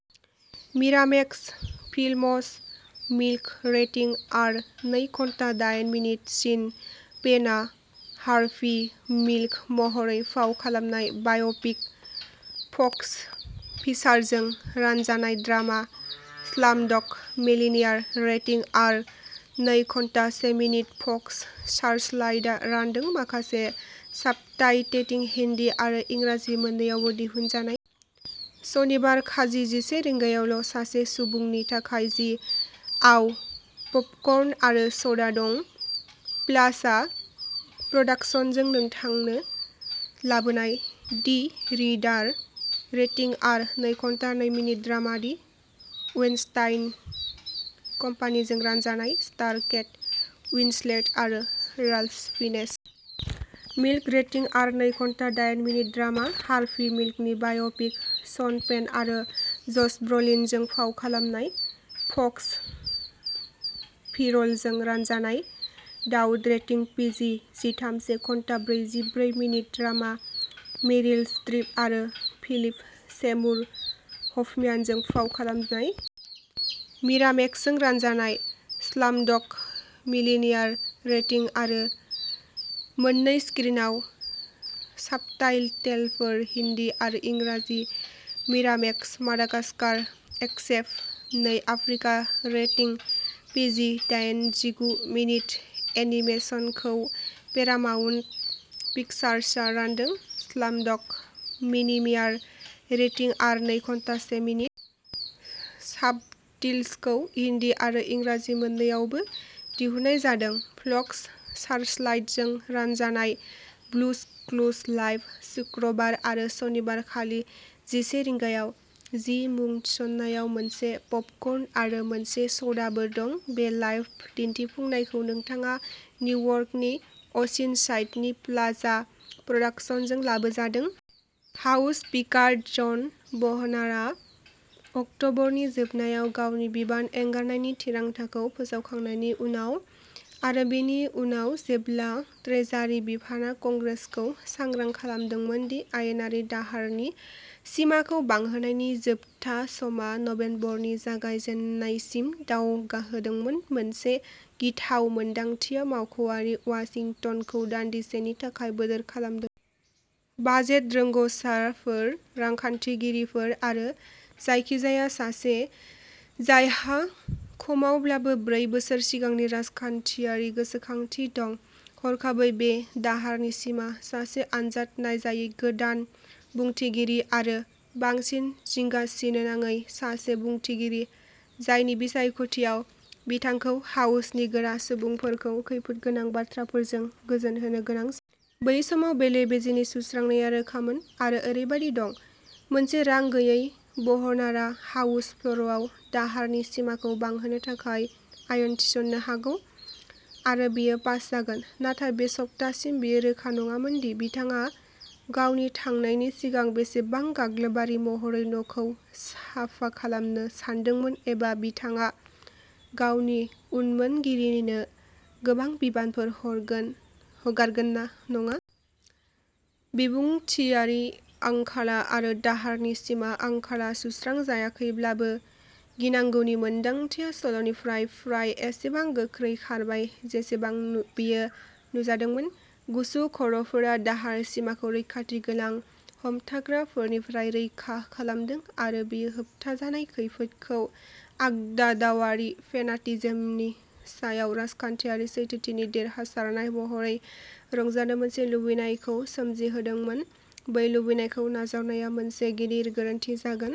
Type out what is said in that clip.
Miramax films "Milk" rating R, नै घन्टा दाइन मिनिट सीन पेनआ हार्भि मिल्क महरै फाव खालामनाय बाय'पिक। फ'क्स फिचारजों रानजानाय drama. "Slumdog Millionaire" rating R, नै घन्टा से मिनिट फक्स सार्चलाइटआ रानदों। माखासे साबटाइटेलिं, हिन्दी आरो इंराजि मोननैयावबो दिहुनजानाय। सनिबार खालि जिसे रिंगायावल' सासे सुबुंनि थाखाय जि आव पपकर्न आरो स'डा दं! प्लाजा प्रडाक्शन्सजों नोंथांनो लाबोनाय। "दि रिडार" रेटिं आर, नै घन्टा नै मिनिट ड्रामा दि वेइनस्टाइन कम्पानिजों रानजानाय। स्टार केट उइन्सलेट आरो Ralph Fiennes. "Milk" rating R, नै घन्टा दाइन मिनिट। ड्रामा। हार्भि मिल्कनि बाय'पिक। शन पेन आरो जश ब्र'लिनजों फाव खालामनाय। फ'क्स फिचरजों रानजानाय। "डाउट" रेटिं पिजि जिथाम, से घन्टा ब्रैजिब्रै मिनिट। ड्रामा मेरिल स्ट्रिप आरो फिलिप सेमुर हफम्यानजों फाव खालामनाय। मिरामेक्सजों रानजानाय। "स्लामडग मिलिनेयार" रेटिं आर, मोननै स्क्रिनआव। साबटाइटेलफोर, हिन्दी आरो इंराजि मिरामेक्स। "मादागास्कारः एस्केप नै आफ्रिका" रेटिं पिजि, दाइनजिगु मिनिट। एनिमेशनखौ पेरामाउन्ट पिक्चार्सआ रानदों। "स्लामडग मिलिनेयार" रेटिं आर, नै घन्टा से मिनिट। साबटिल्सखौ हिन्दी आरो इंराजि मोन्नैावबो दिहुननाय जादों। फक्स सार्चलाइटजों रानजानाय। "ब्लुज क्लुज लाइभ" शुक्रबार आरो सनिबार खालि जिसे रिंगायाव। जि मुं थिसननायाव मोनसे पपकर्न आरो मोनसे स'डाबो दं, बे लाइभ दिन्थिफुंनायखौ नोंथाङा निउयर्कनि अ'सिनसाइडनि प्लाजा प्रडाक्शन्सजों लाबोजादों। हाउस स्पिकार जन ब'हनारआ अक्ट'बरनि जोबनायाव गावनि बिबान एंगारनायनि थिरांथाखौ फोसावखांनायनि उनाव, आरो बेनि उनाव जेब्ला ट्रेजारि बिफानआ कंग्रेसखौ सांग्रां खालामदोंमोन दि आयेनारि दाहारनि सिमाखौ बांहोनायनि जोबथा समआ नबेम्बरनि जागायजेन्नायसिम दावगाहोदोंमोन, मोनसे गिथाव मोन्दांथिया मावख'आरि वाशिंटनखौ दानदिसेनि थाखाय बोदोर खालामदोंमोन। बाजेट रोंग'साफोर, रांखान्थिगिरिफोर, आरो जायखिजाया सासे जायहा खमावब्लाबो ब्रै बोसोर सिगांनि राजखान्थियारि गोसोखांथि दं, हरखाबै बे दाहारनि सिमाआ सासे आनजाद नायजायै गोदान बुंथिगिरि-आरो, बांसिन जिंगासोनांयै, सासे बुंथिगिरि जायनि बिसायख'थियाव बिथांखौ हाउसनि गोरा सुबुंफोरखौ खैफोदगोनां बाथ्राफोरजों गोजोनहोनो गोनां जागोन। बै समाव बेले-बेजेनि सुस्रांनाया रोखामोन, आरो ओरैबायदि दंः मोनसे रां गैयै ब'हनारआ हाउस फ्ल'रआव दाहारनि सिमाखौ बांहोनो थाखाय आयेन थिसन्नो हागौ, आरो बेयो पास जागोन। नाथाय बे सप्तासिम बेयो रोखा नङामोन दि बिथाङा गावनि थांनायनि सिगां बेसेबां गाग्लोबारि महरै न'खौ साफा खालामनो सानदोंमोन, एबा बिथाङा गावनि उनमोनगिरिनो गोबां बिबानफोर हगारगोन ना नङा। बिबुंथिारि आंखाला आरो दाहारनि सिमा आंखाला सुस्रांजायाखैब्लाबो, गिनांगौनि मोनदांथिया सल'निफ्राय फ्राय एसेबां गोख्रै खारबाय जेसेबां बेयो नुजादोंमोन। गुसु खर'फोरा दाहार सिमाखौ रैखाथि गोनां हमथाग्राफोरनिफ्राय रैखा खालामदों। आरो बेयो होबथाजानाय खैफोदखौ आगदा-दावआरि फेनाटिजिमनि सायाव राजखान्थियारि सैथोथिनि देरहासारनाय महरै रंजानो मोनसे लुबैनायखौ सोमजिहोदोंमोन। बै लुबैनायखौ नाजावनाया मोनसे गिदिर गोरोन्थि जागोन।